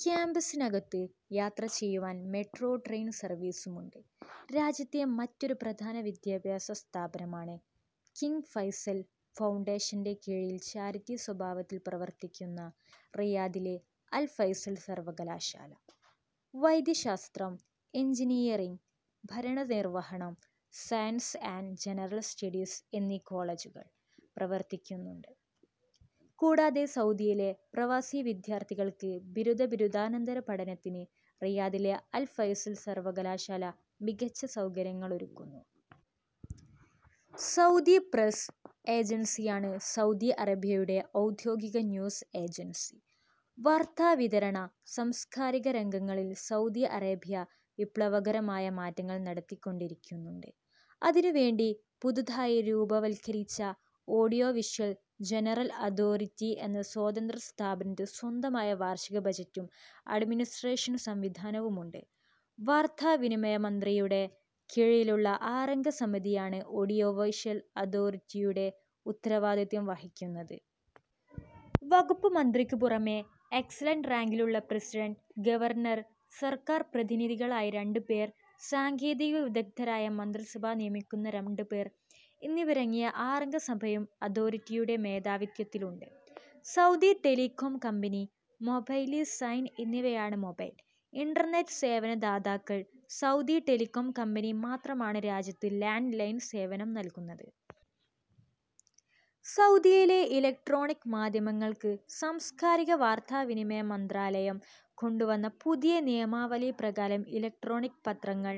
ക്യാംപസിനകത്തു യാത്രചെയ്യുവാൻ metro train സർവീസുമുണ്ട്. രാജ്യത്തെ മറ്റൊരു പ്രധാന വിദ്യാഭ്യാസ സ്ഥാപനമാണ് കിങ് ഫൈസൽ ഫൗണ്ടേഷന്റെ കീഴിൽ ചാരിറ്റി സ്വഭാവത്തിൽ പ്രവർത്തിക്കുന്ന റിയാദിലെ അൽ ഫൈസൽ സർവകലാശാല. വൈദ്യശാസ്ത്രം, എൻജിനീയറിങ്, ഭരണ നിർവ്വഹണം, സയൻസ് ആന്റ് ജനറൽ സ്റ്റഡീസ് എന്നീ കോളജുകൾ പ്രവർത്തിക്കുന്നുണ്ട്. കൂടാതെ സൗദിയിലെ പ്രവാസി വിദ്യാർഥികൾക്ക് ബിരുദ, ബിരുദാനന്തര പഠനത്തിന് റിയാദിലെ അൽ ഫൈസൽ സർവകലാശാല മികച്ച സൗകര്യങ്ങളൊരുക്കുന്നു. സൗദി പ്രസ് ഏജൻസിയാണ് സൗദി അറേബ്യയുടെ ഔദ്യോഗിക ന്യൂസ് ഏജൻസി. വാർത്താവിതരണ, സാംസ്കാരിക രംഗങ്ങളിൽ സൗദി അറേബ്യ വിപ്ലവകരമായ മാറ്റങ്ങൾ നടത്തിക്കൊണ്ടിരിക്കുന്നുണ്ട്. അതിനു വേണ്ടി പുതുതായി രൂപവൽക്കരിച്ച ഓഡിയോ വിഷ്വൽ ജനറൽ അതോറിറ്റി എന്ന സ്വതന്ത്രസ്ഥാപനത്തിന് സ്വന്തമായ വാർഷിക ബജറ്റും അഡ്മിനിസ്ട്രേഷൻ സംവിധാനവുമുണ്ട്. വാർത്താവിനിമയ മന്ത്രിയുടെ കീഴിലുള്ള ആറംഗ സമിതിയാണ് ഓഡിയോവിഷൽ അതോറിറ്റിയുടെ ഉത്തരവാദിത്തം വഹിക്കുന്നത്. വകുപ്പുമന്ത്രിക്കു പുറമെ എക്സലൻറ് റാങ്കിലുള്ള പ്രസിഡൻറ്, ഗവർണർ, സർക്കാർ പ്രതിനിധികളായി രണ്ട് പേർ, സാങ്കേതിക വിദഗ്ദ്ധരായ മന്ത്രിസഭ നിയമിക്കുന്ന രണ്ട് പേർ എന്നിവരങ്ങിയ ആറംഗ സഭയും അതോറിറ്റിയുടെ മേധാവിത്വത്തിലുണ്ട്. Saudi telecom company, Mobily, Zain എന്നിവയാണ് മൊബൈൽ, ഇന്റർനെറ്റ് സേവന ദാദാക്കൾ. സൗദി ടെലികോം കമ്പനി മാത്രമാണ് രാജ്യത്ത് ലാൻഡ് ലൈൻ സേവനംനൽകുന്നത്. സൗദിയിലെ ഇലക്ട്രോണിക് മാധ്യമങ്ങൾക്ക് സാംസ്കാരിക-വാർത്താവിനിമയ മന്ത്രാലയം കൊണ്ടുവന്ന പുതിയ നിയമാവലി പ്രകാരം ഇലക്ട്രോണിക് പത്രങ്ങൾ,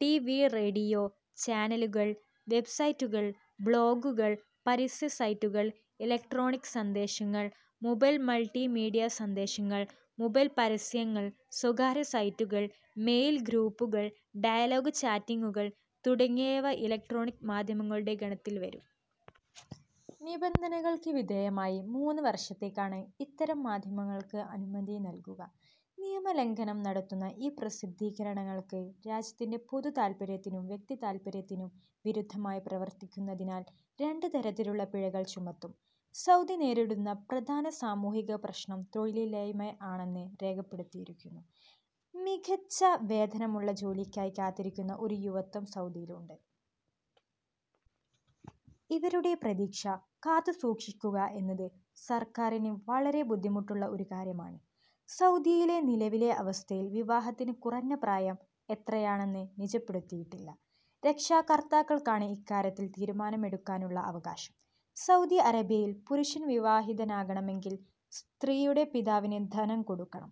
ടി. വി-റേഡിയോ ചാനലുകൾ, വെബ്സൈറ്റുകൾ, ബ്ലോഗുകൾ, പരസ്യ സൈറ്റുകൾ, ഇലക്ട്രോണിക് സന്ദേശങ്ങൾ, മൊബൈൽ-മൾട്ടിമീഡിയ സന്ദേശങ്ങൾ, മൊബൈൽ പരസ്യങ്ങൾ, സ്വകാര്യ സൈറ്റുകൾ, മെയിൽ ഗ്രൂപ്പുകൾ, ഡയലോഗ്-ചാറ്റിങ്ങുകൾ തുടങ്ങിയവ ഇലക്ട്രോണിക് മാധ്യമങ്ങളുടെ ഗണത്തിൽ വരും. നിബന്ധനകൾക്ക് വിധേയമായി മൂന്ന് വർഷത്തേക്കാണ് ഇത്തരം മാധ്യമങ്ങൾക്ക് അനുമതി നൽകുക. നിയമലംഘനം നടത്തുന്ന ഇ-പ്രസിദ്ധീകരണങ്ങൾക്ക് രാജ്യത്തിന്റെ പൊതു താൽപര്യത്തിനും വ്യക്തി താൽപര്യത്തിനും വിരുദ്ധമായി പ്രവർത്തിക്കുന്നതിനാൽ രണ്ട് തരത്തിലുള്ള പിഴകൾ ചുമത്തും.. സൗദി നേരിടുന്ന പ്രധാന സാമൂഹിക പ്രശ്നം തൊഴിലില്ലായ്മ ആണെന്ന് രേഖപ്പെടുത്തിയിരിക്കുന്നു. മികച്ച വേതനമുള്ള ജോലിക്കായി കാത്തിരിക്കുന്ന ഒരു യുവത്വം സൗദിയിലുണ്ട്. ഇവരുടെ പ്രതീക്ഷ കാത്തു സൂക്ഷിക്കുക എന്നത് സർക്കാരിന് വളരെ ബുദ്ധിമുട്ടുള്ള ഒരു കാര്യമാണ്.. സൗദിയിലെ നിലവിലെ അവസ്ഥയിൽ വിവാഹത്തിന് കുറഞ്ഞ പ്രായം എത്രയാണെന്ന് നിജപ്പെടുത്തിയിട്ടില്ല. രക്ഷാകർത്താക്കൾക്കാണ് ഇക്കാര്യത്തിൽ തീരുമാനമെടുക്കാനുള്ള അവകാശം. സൗദി അറേബ്യയിൽ പുരുഷൻ വിവാഹിതനാകണമെങ്കിൽ സ്ത്രീയുടെ പിതാവിന് ധനം കൊടുക്കണം.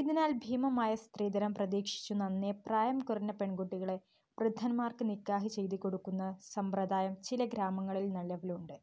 ഇതിനാൽ ഭീമമായ സ്ത്രീധനം പ്രതീക്ഷിച്ചു നന്നേ പ്രായം കുറഞ്ഞ പെൺകുട്ടികളെ വൃദ്ധന്മാർക്ക് നിക്കാഹ് ചെയ്തുകൊടുക്കുന്ന സമ്പ്രദായം ചില ഗ്രാമങ്ങളിൽ നിലവിലുണ്ട്.